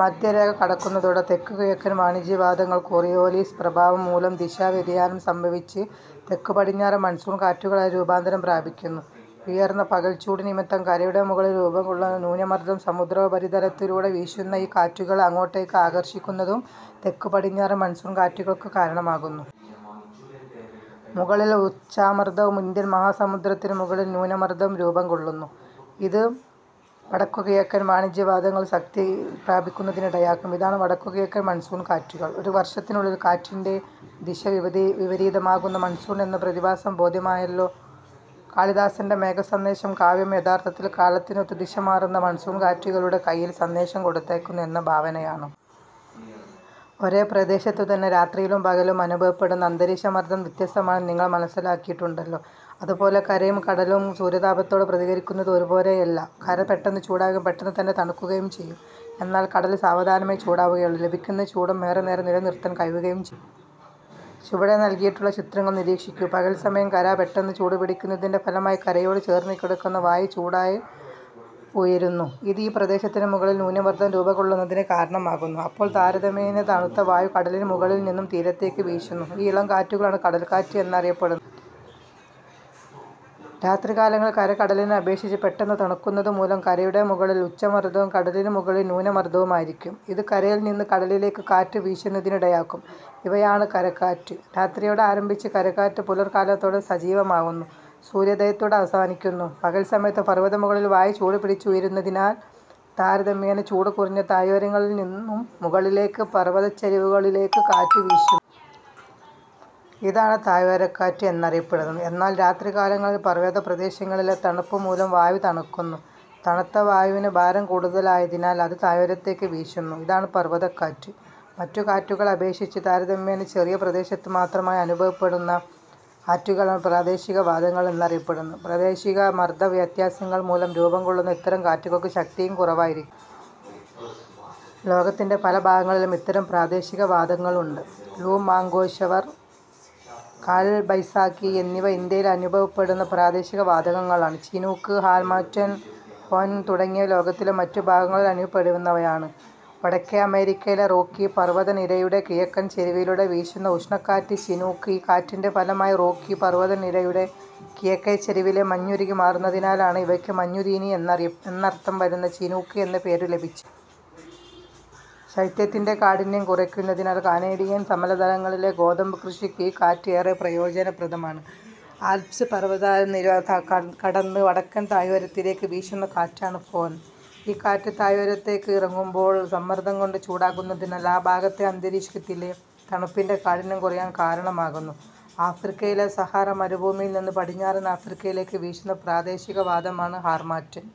മധ്യ രേഖ കടക്കുന്നതോടെ തെക്കു കിഴക്കൻ വാണിജ്യവാതങ്ങൾ കോറിയോലിസ് പ്രഭാവം മൂലം ദിശാ വ്യതിയാനം സംഭവിച്ച് തെക്കുപടിഞ്ഞാറൻ മൺസൂൺ കാറ്റുകളായി രൂപാന്തരം പ്രാപിക്കുന്നു. ഉയർന്ന പകൽച്ചൂട് നിമിത്തം കരയുടെ മുകളിൽ രൂപംകൊള്ളുന്ന ന്യൂനമർദം സമുദ്രോപരിതലത്തിലൂടെ വീശുന്ന ഈ കാറ്റുകളെ അങ്ങോട്ടേക്ക് ആകർഷിക്കുന്നതും തെക്കുപടിഞ്ഞാറൻ മൺസൂൺ കാറ്റുകൾക്ക് കാരണമാകുന്നു. മുകളിൽ ഉച്ചമർദവും ഇന്ത്യൻ മഹാസമുദ്രത്തിനു മുകളിൽ ന്യൂനമർദവും രൂപംകൊള്ളുന്നു. ഇത് വടക്കുകിഴക്കൻ വാണിജ്യവാതങ്ങൾ ശക്തി പ്രാപിക്കുന്നതിനിടയാക്കും. ഇതാണ് വടക്കുകിഴക്കൻ മൺസൂൺ കാറ്റുകൾ. ഒരു വർഷത്തിനുള്ളിൽ കാറ്റിന്റെ ദിശ വിപരീതമാകുന്ന മൺസൂൺ എന്ന പ്രതിഭാസം ബോധ്യമായല്ലോ. കാളിദാസന്റെ മേഘസന്ദേശം കാവ്യം യഥാർഥത്തിൽ കാലത്തിനൊത്ത് ദിശമാറുന്ന മൺസൂൺ കാറ്റുകളുടെ കൈയിൽ സന്ദേശം കൊടുത്തയയ്ക്കുന്നു എന്ന ഭാവനയാണ്! ഒരേ പ്രദേശത്തു തന്നെ രാത്രിയും പകലും അനുഭവപ്പെടുന്ന അന്തരീക്ഷ മർദം വ്യത്യസ്തമാണെന്ന് നിങ്ങൾ മനസ്സിലാക്കിയിട്ടുണ്ടല്ലോ. അതു പോലെ കരയും കടലും സൂര്യതാപത്തോട് പ്രതികരിക്കുന്നതു ഒരുപോലെയല്ല. കര പെട്ടെന്ന് ചൂടാവുകയും പെട്ടെന്നുതന്നെ തണുക്കുകയും ചെയ്യും. എന്നാൽ കടൽ സാവധാനമേ ചൂടാവുകയുളളൂ. ലഭിക്കുന്ന ചൂട് ഏറെനേരം നില നിർത്താൻ കഴിയുകയും. ചുവടെ നൽകിയിട്ടുള്ള ചിത്രങ്ങൾ നിരീക്ഷിക്കൂ. പകൽസമയം കര പെട്ടെന്ന് ചൂടുപിടിക്കുന്നതിന്റെ ഫലമായി കരയോട് ചേർന്നുകിടക്കുന്ന വായു ചൂടായി ഉയരുന്നു. ഇത് ഈ പ്രദേശത്തിനു മുകളിൽ ന്യൂനമർദം രൂപംകൊള്ളുന്നതിനു കാരണമാകുന്നു. അപ്പോൾ താരതമ്യേന തണുത്ത വായു കടലിനുമുകളിൽ നിന്നു തീരത്തേക്ക് വീശുന്നു. ഈ ഇളംകാറ്റുകളാണ് കടൽക്കാറ്റ് എന്നറിയപ്പെടുന്ന രാത്രികാലങ്ങളിൽ കര കടലിനെ അപേക്ഷിച്ച് പെട്ടെന്നു തണുക്കുന്നതുമൂലം കരയുടെ മുകളിൽ ഉച്ചമർദവും കടലിനുമുകളിൽ ന്യൂനമർദവുമായിരിക്കും. ഇത് കരയിൽ നിന്നു കടലിലേക്ക് കാറ്റു വീശുന്നതിനിടയാക്കും. ഇവയാണ് കരക്കാറ്റ്. രാത്രിയോടെ ആരംഭിച്ച് കരക്കാറ്റ് പുലർകാലത്തോടെ സജീവമാവുന്നു; സൂര്യോദയത്തോടെ അവസാനിക്കുന്നു. പകൽസമയത്ത് പർവതമുകളിലെ വായു ചൂടുപിടിച്ച് ഉയരുന്നതിനാൽ താരതമ്യേന ചൂടുകുറഞ്ഞ താഴ്വരയിൽ നിന്നും മുകളിലേക്ക് പർവ ഇതാണ് താഴ്വരക്കാറ്റ് എന്നറിയപ്പെടുന്നത്. എന്നാൽ രാത്രികാലങ്ങളിൽ പർവതപ്രദേശങ്ങളിലെ തണുപ്പു മൂലം വായു തണുക്കുന്നു. തണുത്ത വായുവിന് ഭാരം കൂടുതലായതിനാൽ അത് താഴ്വാരത്തേക്കു വീശുന്നു. ഇതാണ് പർവതക്കാറ്റ്. മറ്റു കാറ്റുകളെ അപേക്ഷിച്ച് താരതമ്യേന ചെറിയ പ്രദേശത്തുമാത്രമായി അനുഭവപ്പെടുന്ന കാറ്റുകളാണ് പ്രാദേശികവാതങ്ങൾ എന്നറിയപ്പെടുന്നത്. പ്രാദേശികമായ മർദവ്യത്യാസങ്ങൾ മൂലം രൂപംകൊള്ളുന്ന ഇത്തരം കാറ്റുകൾക്ക് ശക്തിയും കുറവായിരിക്കും. ലോകത്തിന്റെ പലഭാഗങ്ങളിലും ഇത്തരം പ്രാദേശികവാതങ്ങളുണ്ട്. ലൂ, മാംഗോഷവർ, കാൽബൈശാഖി എന്നിവ ഇന്ത്യയിലനുഭവപ്പെടുന്ന പ്രാദേശികവാതങ്ങളാണ്. ചിനൂക്ക്, ഹർമാറ്റൻ, ഫൊൻ തുടങ്ങിയവ ലോകത്തിന്റെ മറ്റു ഭാഗങ്ങളിലനുഭവപ്പെടുന്നവയാണ്. വടക്കേ അമേരിക്കയിലെ റോക്കി പർവതനിരയുടെ കിഴക്കൻ ചരിവിലൂടെ വീശുന്ന ഉഷ്ണ കാറ്റാണ് ചിനൂക്ക്. ഈ കാറ്റിന്റെ ഫലമായി റോക്കി പർവത നിരയുടെ കിഴക്കേ ചരിവിലെ മഞ്ഞുരുകി മാറുന്നതിനാലാണ് ഇവയ്ക്ക് മഞ്ഞു തീനി എന്നർഥം വരുന്ന ചിനൂക്ക് എന്നു പേരു ലഭിച്ചത്. ശൈത്യത്തിന്റെ കാഠിന്യം കുറയ്ക്കുന്നതിനാൽ കനേഡിയൻ സമതലങ്ങളിലെ ഗോതമ്പ് കൃഷിക്ക് ഈ കാറ്റ് ഏറെ പ്രയോജനപ്രദമാണ്. ആൽപ്സ് പർവതനിര കടന്ന് വടക്കൻ താഴ്വാരത്തേക്കു വീശുന്ന കാറ്റാണ് ഫൊൻ. ഈ കാറ്റ് താഴ്വാരത്തേക്ക് ഇറങ്ങുമ്പോൾ സമ്മർദംകൊണ്ട് ചൂടാകുന്നതിനാൽ ആ ഭാഗത്തെ അന്തരീക്ഷത്തിലെ തണുപ്പിന്റെ കാഠിന്യം കുറയാൻ കാരണമാകുന്നു. ആഫ്രിക്കയിലെ സഹാറ മരുഭൂമിയിൽ നിന്ന് പടിഞ്ഞാറൻ ആഫ്രിക്കയിലേക്ക് വീശുന്ന പ്രാദേശിക വാതമാണ് ഹർമാറ്റൻ.